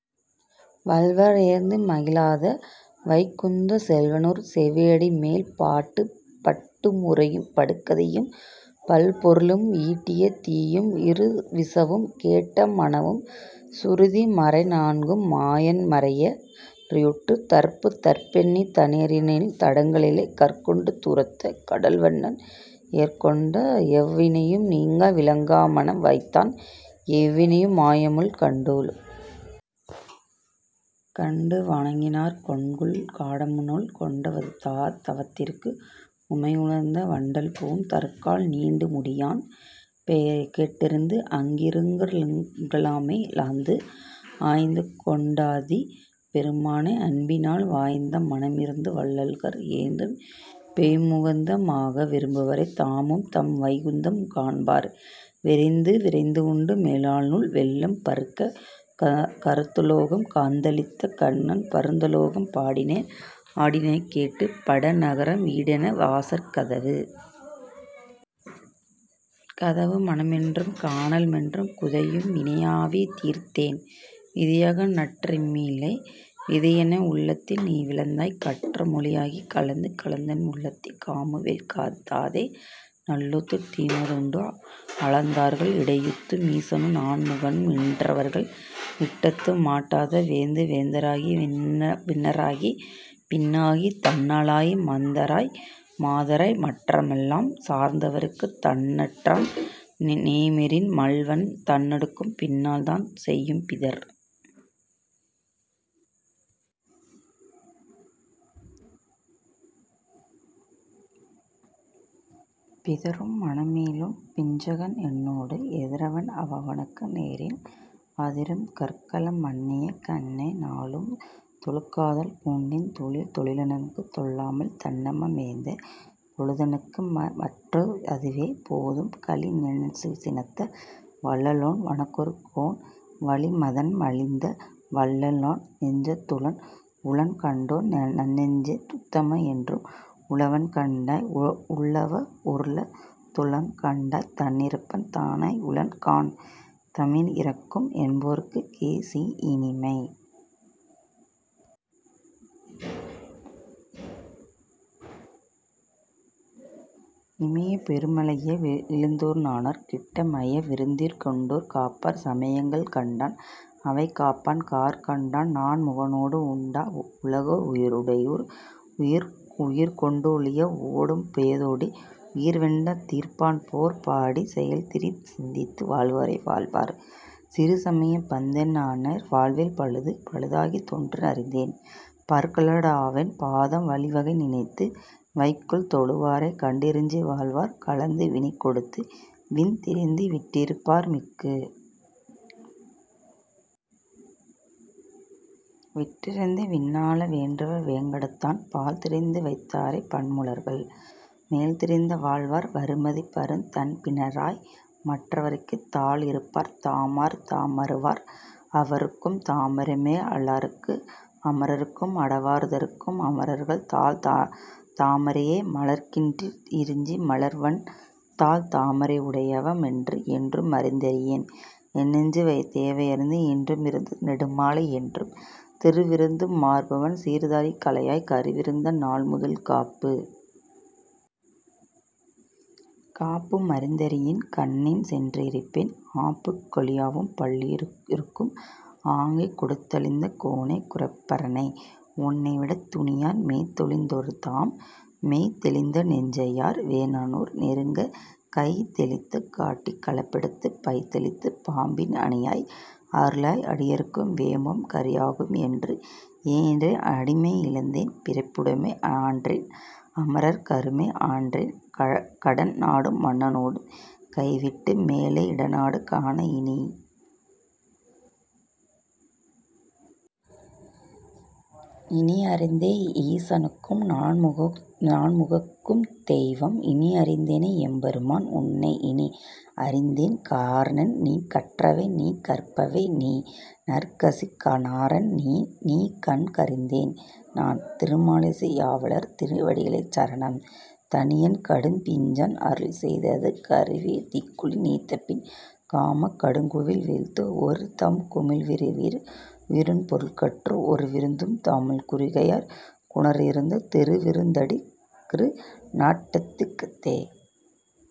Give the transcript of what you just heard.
வல்லவா றேத்த மகிழாத, வைகுந்தச் செல்வனார் சேவடிமேல் பாட்டு. பாட்டும் முறையும் படுகதையும் பல்பொருளும் ஈட்டிய தீயும் இருவிசும்பும்,- கேட்ட மனுவும் சுருதி மறைநான்கும் மாயன் றனமாயை யிற்பட்ட தற்பு. தற்பென்னைத் தானறியா னேலும், தடங்கடலைக் கற்கொண்டு தூர்த்த கடல்வண்ணன், எற்கொண்ட வெவ்வினையும் நீங்க விலங்கா மனம்வைத்தான், எவ்வினையும் மாயுமால் கண்டு. கண்டு வணங்கினார்க் கென்னாங்கொல், காமனுடல் கொண்ட தவத்தாற்க்கு உமையுணர்த்த, வண்டலம்பும் தாரலங்கல் நீண்முடியான் றன்பெயரே கேட்டிருந்து, அங் காரலங்க லானமையா லாய்ந்து. ஆய்ந்துகொண்ட டாதிப் பெருமானை, அன்பினால் வாய்ந்த மனதிருத்த வல்லார்கள், ஏய்ந்ததம் மெய்குந்த மாக விரும்புவரே, தாமும்தம் வைகுந்தம் காண்பார் விரைந்து. விரைந்தடைமின் மேலொருநாள் வெள்ளம் பரக்க, கரந்துலகம் காத்தளித்த கண்ணன், பரந்துலகம் பாடின ஆடின கேட்டு, படுநரகம் வீடின வாசற் கதவு. கதவு மனமென்றும் காணலா மென்றும், குதையும் வினையாவி தீர்ந்தேன், விதையாக நற்றமிழை வித்தியென் உள்ளத்தை நீவிளைத்தாய், கற்றமொழி யாகிக் கலந்து. கலந்தானென் னுள்ளத்துக் காமவேள் தாதை நலந்தானு மீதொப்ப துண்டே?, அலர்ந்தலர்கள் இட்டேத்து மீசனும் நான்முகனும், என்றிவர்கள் விட்டேத்த மாட்டாத வேந்து. வேந்தராய் விண்ணவராய் விண்ணாகித் தண்ணளியாய் மாந்தராய் மாதாய்மற் றெல்லாமாய், சார்ந்தவர்க்குத் தன்னாற்றான் நேமியான் மால்வண்ணன் தான்கொடுக்கும், பின்னால்தான் செய்யும் பிதிர். பிதிரும் மனமிலேன் பிஞ்ஞகன் றன்னோடு, எதிர்வன் அவனெனக்கு நேரான், அதிரும் கழற்கால மன்னனையே கண்ணனையே, நாளும் தொழக்காதல் பூண்டேன் தொழில். தொழிலெனக்குத் தொல்லைமால் தன்னாம மேத்த, பொழுதெனக்கு மற்றதுவே போதும், கழிசினத்த வல்லாளன் வானரக்கோன் வாலி மதனழித்த, வில்லாளன் நெஞ்சத் துளன். உளன்கண்டாய் நன்நெஞ்சே. உத்தம னென்றும் உளன்கண்டாய், உள்ளுவா ஓருள்ளத், துளன்கண்டாய் தன்னொப்பான் தானா யுளன்காண் தமியேற்கும், என்னொப்பார்க் கீச னிமை. இமையப் பெருமலைபோ லிந்திரனார்க் கிட்ட, சமய விருந்துண்டார் காப்பார், சமயங்கள் கண்டான் அவைகாப்பான் கார்க்கண்டன் நான்முகனோடு உண்டா னுலகோ டுயிர். உயிர்கொண் டுடலொழிய ஓடும்போ தோடி, அயர்வென்ற தீர்ப்பான்பேர் பாடி, செயல்தீரச் சிந்தித்து வாழ்வாரே வாழ்வார், சிறுசமயப் பந்தனையார் வாழ்வேல் பழுது. பழுதாகா தொன்றறிந்தேன் பாற்கடலான் பாதம், வழுவா வகைநினைந்து வைகல் தொழுவாரை, கண்டிறைஞ்சி வாழ்வார் கலந்த வினைகெடுத்து விண்திறந்து வீற்றிருப்பார் மிக்கு. வீற்றிருந்து விண்ணாள வேண்டுவார், வேங்கடத்தான் பால்திருந்த வைத்தாரே பன்மலர்கள், மேல்திருந்த வாழ்வார் வருமதிபார்த் தன்பினராய், மற்றவர்க்கே தாழா யிருப்பார் தமர் தமராவர் யாவருக்கும் தாமரைமே லாற்கும் அமரர்க்கும் ஆடரவார்த் தாற்கும் அமரர்கள் தாள்தா மரைமலர்க ளிட்டிறைஞ்சி, மால்வண்ணன் தாள்தா மரையடைவோ மென்று என்றும் மறந்தறியேன் என்னெஞ்சத் தேவைத்து நின்று மிருந்தும் நெடுமாலை என்றும் திருவிருந்த மார்பன் சிரீதரனுக் காளாய், கருவிருந்த நாள்முதலாக் காப்பு. காப்பு மறந்தறியேன் கண்ணனே யென்றிருப்பன் ஆப்பங் கொழியவும் பல்லுயிர்க்கும், ஆக்கை கொடுத்தளித்த கோனே குணப்பரனே, உன்னை விடத்துணியார் மெய்தெளிந்தார் தாம். மெய்தெளிந்தா ரெஞ்செய்யார்? வேறானார் நீறாக கைதெளிந்து காட்டிக் களப்படுத்து, பைதெளிந்த பாம்பின் ஆனையாய். அருளாய் அடியேற்கு வேம்பும் கறியாகும் ஏன்று. ஏன்றேன் அடிமை இழிந்தேன் பிறப்பிடும்பை ஆன்றேன் அமரர்க் கமராமை, ஆன்றேன் கடன்நாடும் மண்ணாடும் கைவிட்டு, மேலை இடநாடு காண இனி. இனியறிந்தே னீசற்கும் நான்முகற்கும் தெய்வம் இனியறிந்தேன் எம்பெருமான். உன்னை, இனியறிந்தேன் காரணன்நீ கற்றவைநீ கற்பவைநீ, நற்கிரிசை நாரணன்நீ நன்கறிந்தேன் நான். திருமழிசையாழ்வார் திருவடிகளே சரணம். தனியன் கிடாம்பியாச்சான் அருளிச்செய்தது கருவிருத் தக்குழி நீத்தபின் காமக் கடுங்குழிவீழ்ந்து, ஒருவிருத் தம்புக் குழலுறு வீர். உயி ரின்பொருள்கட்கு, ஒருவிருத் தம்புகு தாமல் குருகையர் கோனுரைத்த, திருவிருத் தத்தோ ரடிகற் றிரீர்திரு நாட்டகத்தே.